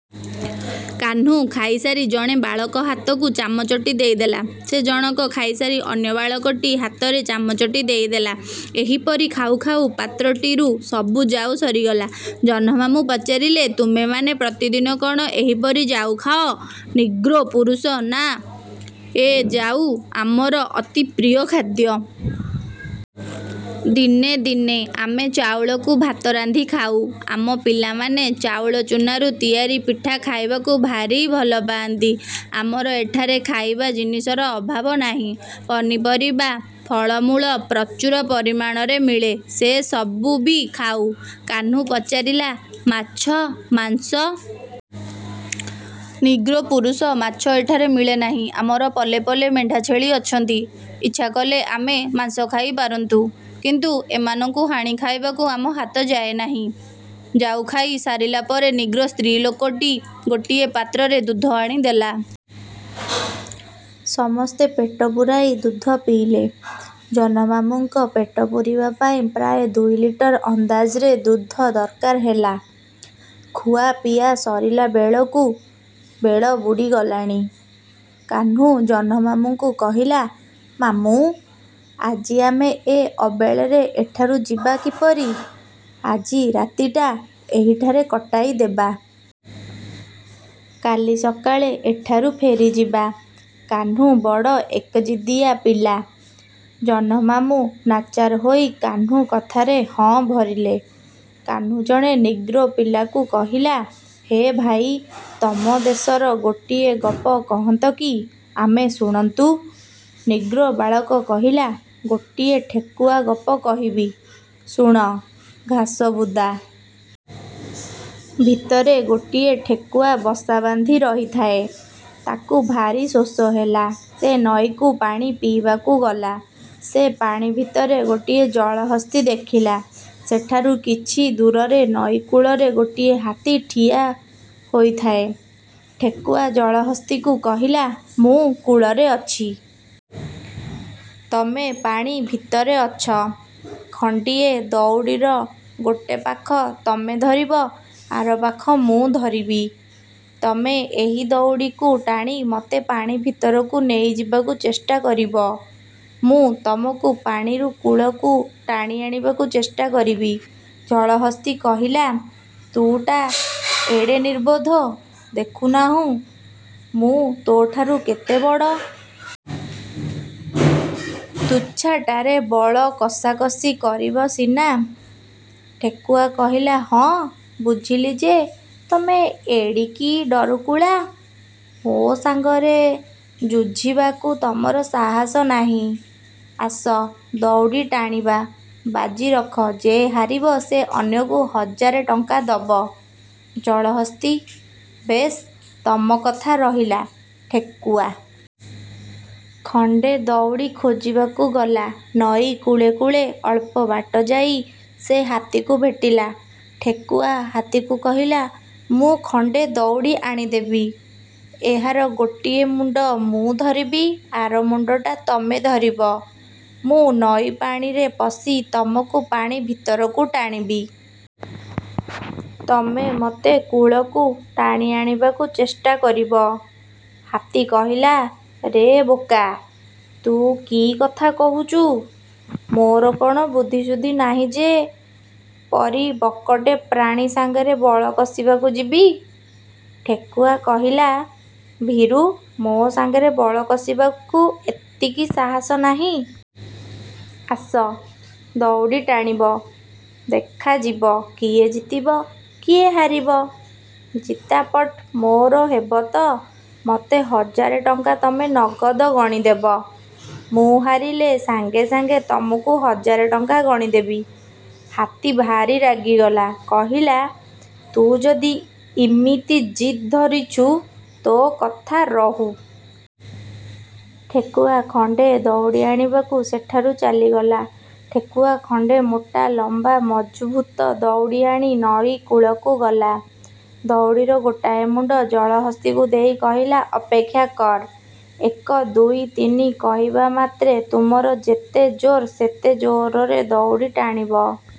କାହ୍ନୁ ଖାଇସାରି ଜଣେ ବାଳକ ହାତକୁ ଚାମଚଟି ଦେଇଦେଲା। ସେ ଜଣକ ଖାଇସାରି ଅନ୍ୟ ବାଳକଟି ହାତରେ ଚାମଚଟି ଦେଇଦେଲା। ଏହିପରି ଖାଉ ଖାଉ ପାତ୍ରଟିରୁ ସବୁ ଜାଉ ସରିଗଲା। ଜହ୍ନମାମୁଁ ପଚାରିଲେ, ତୁମେମାନେ ପ୍ରତିଦିନ କ'ଣ ଏହିପରି ଜାଉ ଖାଅ? ନିଗ୍ରୋ ପୁରୁଷ ନା ଏ ଜାଉ ଆମର ଅତି ପ୍ରିୟ ଖାଦ୍ୟ। ଦିନେ ଦିନେ ଆମେ ଚାଉଳକୁ ଭାତ ରାନ୍ଧି ଖାଉ। ଆମ ପିଲାମାନେ ଚାଉଳଚୂନାରୁ ତିଆରି ପିଠା ଖାଇବାକୁ ଭାରି ଭଲ ପାଆନ୍ତି। ଆମର ଏଠାରେ ଖାଇବା ଜିନିଷର ଅଭାବ ନାହିଁ। ପନିପରିବା, ଫଳମୂଳ ପ୍ରଚୁର ପରିମାଣରେ ମିଳେ। ସେ ସବୁ ବି ଖାଉ। କାହ୍ନୁ ପଚାରିଲା ମାଛ, ମାଂସ? ନିଗ୍ରୋ ପୁରୁଷ ମାଛ ଏଠାରେ ମିଳେ ନାହିଁ। ଆମର ପଲେ ପଲେ ମେଣ୍ଢା ଛେଳି ଅଛନ୍ତି। ଇଚ୍ଛା କଲେ ଆମେ ମାଂସ ଖାଇ ପାରନ୍ତୁ। କିନ୍ତୁ ଏମାନଙ୍କୁ ହାଣି ଖାଇବାକୁ ଆମ ହାତ ଯାଏ ନାହିଁ। ଜାଉ ଖାଇ ସାରିଲା ପରେ ନିଗ୍ରୋ ସ୍ତ୍ରୀଲୋକଟି ଗୋଟିଏ ପାତ୍ରରେ ଦୁଧ ଆଣି ଦେଲା। ସମସ୍ତେ ପେଟ ପୂରାଇ ଦୁଧ ପିଇଲେ। ଜହ୍ନମାମୁଁଙ୍କ ପେଟ ପୂରିବା ପାଇଁ ପ୍ରାୟ ଦୁଇଲିଟର ଅନ୍ଦାଜରେ ଦୁଧ ଦରକାର ହେଲା। ଖୁଆପିଆ ସରିଲା ବେଳକୁ ବେଳ ବୁଡ଼ିଗଲାଣି। କାହ୍ନୁ ଜହ୍ନମାମୁଁଙ୍କୁ କହିଲା, ମାମୁଁ! ଆଜି ଆମେ ଏ ଅବେଳରେ ଏଠାରୁ ଯିବା କିପରି? ଆଜି ରାତିଟା ଏହିଠାରେ କଟାଇଦେବା। କାଲି ସକାଳେ ଏଠାରୁ ଫେରିଯିବା। କାହ୍ନୁ ବଡ଼ ଏକଜିଦିଆ ପିଲା। ଜହ୍ନମାମୁଁ ନାଚାର ହୋଇ କାହ୍ନୁ କଥାରେ ହଁ ଭରିଲେ। କାହ୍ନୁ ଜଣେ ନିଗ୍ରୋ ପିଲାକୁ କହିଲା, ହେ ଭାଇ ତମ ଦେଶର ଗୋଟିଏ ଗପ କହନ୍ତ କି, ଆମେ ଶୁଣନ୍ତୁ। ନିଗ୍ରୋ ବାଳକ କହିଲା, ଗୋଟିଏ ଠେକୁଆ ଗପ କହିବି, ଶୁଣ। ଘାସବୁଦା ଭିତରେ ଗୋଟିଏ ଠେକୁଆ ବସା ବାନ୍ଧି ରହିଥାଏ। ତାକୁ ଭାରି ଶୋଷ ହେଲା। ସେ ନଈକୁ ପାଣି ପିଇବାକୁ ଗଲା। ସେ ପାଣି ଭିତରେ ଗୋଟିଏ ଜଳହସ୍ତୀ ଦେଖିଲା। ସେଠାରୁ କିଛି ଦୂରରେ ନଈ କୂଳରେ ଗୋଟିଏ ହାତୀ ଠିଆ ହୋଇଥାଏ। ଠେକୁଆ ଜଳହସ୍ତୀକୁ କହିଲା, ମୁଁ କୂଳରେ ଅଛି। ତମେ ପାଣି ଭିତରେ ଅଛ। ଖଣ୍ଡିଏ ଦଉଡ଼ିର ଗୋଟେ ପାଖ ତମେ ଧରିବ, ଆର ପାଖ ମୁଁ ଧରିବି। ତମେ ଏହି ଦଉଡ଼ିକୁ ଟାଣି ମୋତେ ପାଣି ଭିତରକୁ ନେଇଯିବାକୁ ଚେଷ୍ଟା କରିବ। ମୁଁ ତମକୁ ପାଣିରୁ କୂଳକୁ ଟାଣିଆଣିବାକୁ ଚେଷ୍ଟା କରିବି। ଜଳହସ୍ତୀ କହିଲା ତୁ ଟା ଏଡ଼େ ନିର୍ବୋଧ ଦେଖୁ ନାହୁଁ ମୁଁ ତୋ ଠାରୁ କେତେ ବଡ଼? ତୁଚ୍ଛାଟାରେ ବଳ କଷାକଷି କରିବ ସିନା! ଠେକୁଆ କହିଲା, ହଁ, ବୁଝିଲି ଯେ, ତମେ ଏଡ଼ିକି ଡରକୁଳା? ମୋ ସାଙ୍ଗରେ ଯୁଝିବାକୁ ତମର ସାହସ ନାହିଁ। ଆସ, ଦଉଡ଼ି ଟାଣିବା ବାଜି ରଖ ଯେ ହାରିବ ସେ ଅନ୍ୟକୁ ହଜାରେ ଟଙ୍କା ଦବ। ଜଳହସ୍ତୀ, ବେଶ୍, ତମ କଥା ରହିଲା। ଠେକୁଆ ଖଣ୍ଡେ ଦଉଡ଼ି ଖୋଜିବାକୁ ଗଲା ନଈ କୂଳେ କୂଳେ ଅଳ୍ପ ବାଟ ଯାଇ ସେ ହାତୀକୁ ଭେଟିଲା। ଠେକୁଆ ହାତୀକୁ କହିଲା, ମୁଁ ଖଣ୍ଡେ ଦଉଡ଼ି ଆଣି ଦେବି। ଏହାର ଗୋଟିଏ ମୁଣ୍ଡ ମୁଁ ଧରିବି, ଆର ମୁଣ୍ଡଟା ତମେ ଧରିବ। ମୁଁ ନଈ ପାଣିରେ ପଶି ତମକୁ ପାଣି ଭିତରକୁ ଟାଣିବି। ତମେ ମୋତେ କୂଳକୁ ଟାଣି ଆଣିବାକୁ ଚେଷ୍ଟା କରିବ। ହାତୀ କହିଲା, ରେ ବୋକା! ତୁ କି କଥା କହୁଛୁ? ମୋର କ'ଣ ବୁଦ୍ଧି ସୁଦ୍ଧି ନାହିଁ ଯେ ପରି ବକଟେ ପ୍ରାଣୀ ସାଙ୍ଗରେ ବଳ କଷିବାକୁ ଯିବି? ଠେକୁଆ କହିଲା, ଭୀରୁ ମୋ ସାଙ୍ଗରେ ବଳ କଷିବାକୁ ଏତିକି ସାହସ ନାହିଁ? ଆସ, ଦଉଡ଼ି ଟାଣିବ। ଦେଖାଯିବ କିଏ ଜିତିବ କିଏ ହାରିବ। ଜିତାପଟ ମୋର ହେବ ତ ମୋତେ ହଜାରେ ଟଙ୍କା ତମେ ନଗଦ ଗଣିଦେବ। ମୁଁ ହାରିଲେ ସାଙ୍ଗେ ସାଙ୍ଗେ ତମକୁ ହଜାରେ ଟଙ୍କା ଗଣିଦେବି। ହାତୀ ଭାରି ରାଗିଗଲା। କହିଲା, ତୁ ଯଦି ଇମିତି ଜିଦ୍ ଧରିଛୁ, ତୋ କଥା ରହୁ। ଠେକୁଆ ଖଣ୍ଡେ ଦଉଡ଼ି ଆଣିବାକୁ ସେଠାରୁ ଚାଲିଗଲା। ଠେକୁଆ ଖଣ୍ଡେ ମୋଟା ଲମ୍ବା ମଜଭୁତ ଦଉଡ଼ି ଆଣି ନଈକୂଳକୁ ଗଲା। ଦଉଡ଼ିର ଗୋଟାଏ ମୁଣ୍ଡ ଜଳହସ୍ତୀକୁ ଦେଇ କହିଲା, ଅପେକ୍ଷା କର। ଏକ ଦୁଇ, ତିନି କହିବା ମାତ୍ରେ ତୁମର ଯେତେ ଜୋର, ସେତେ ଜୋରରେ ଦଉଡ଼ି ଟାଣିବ।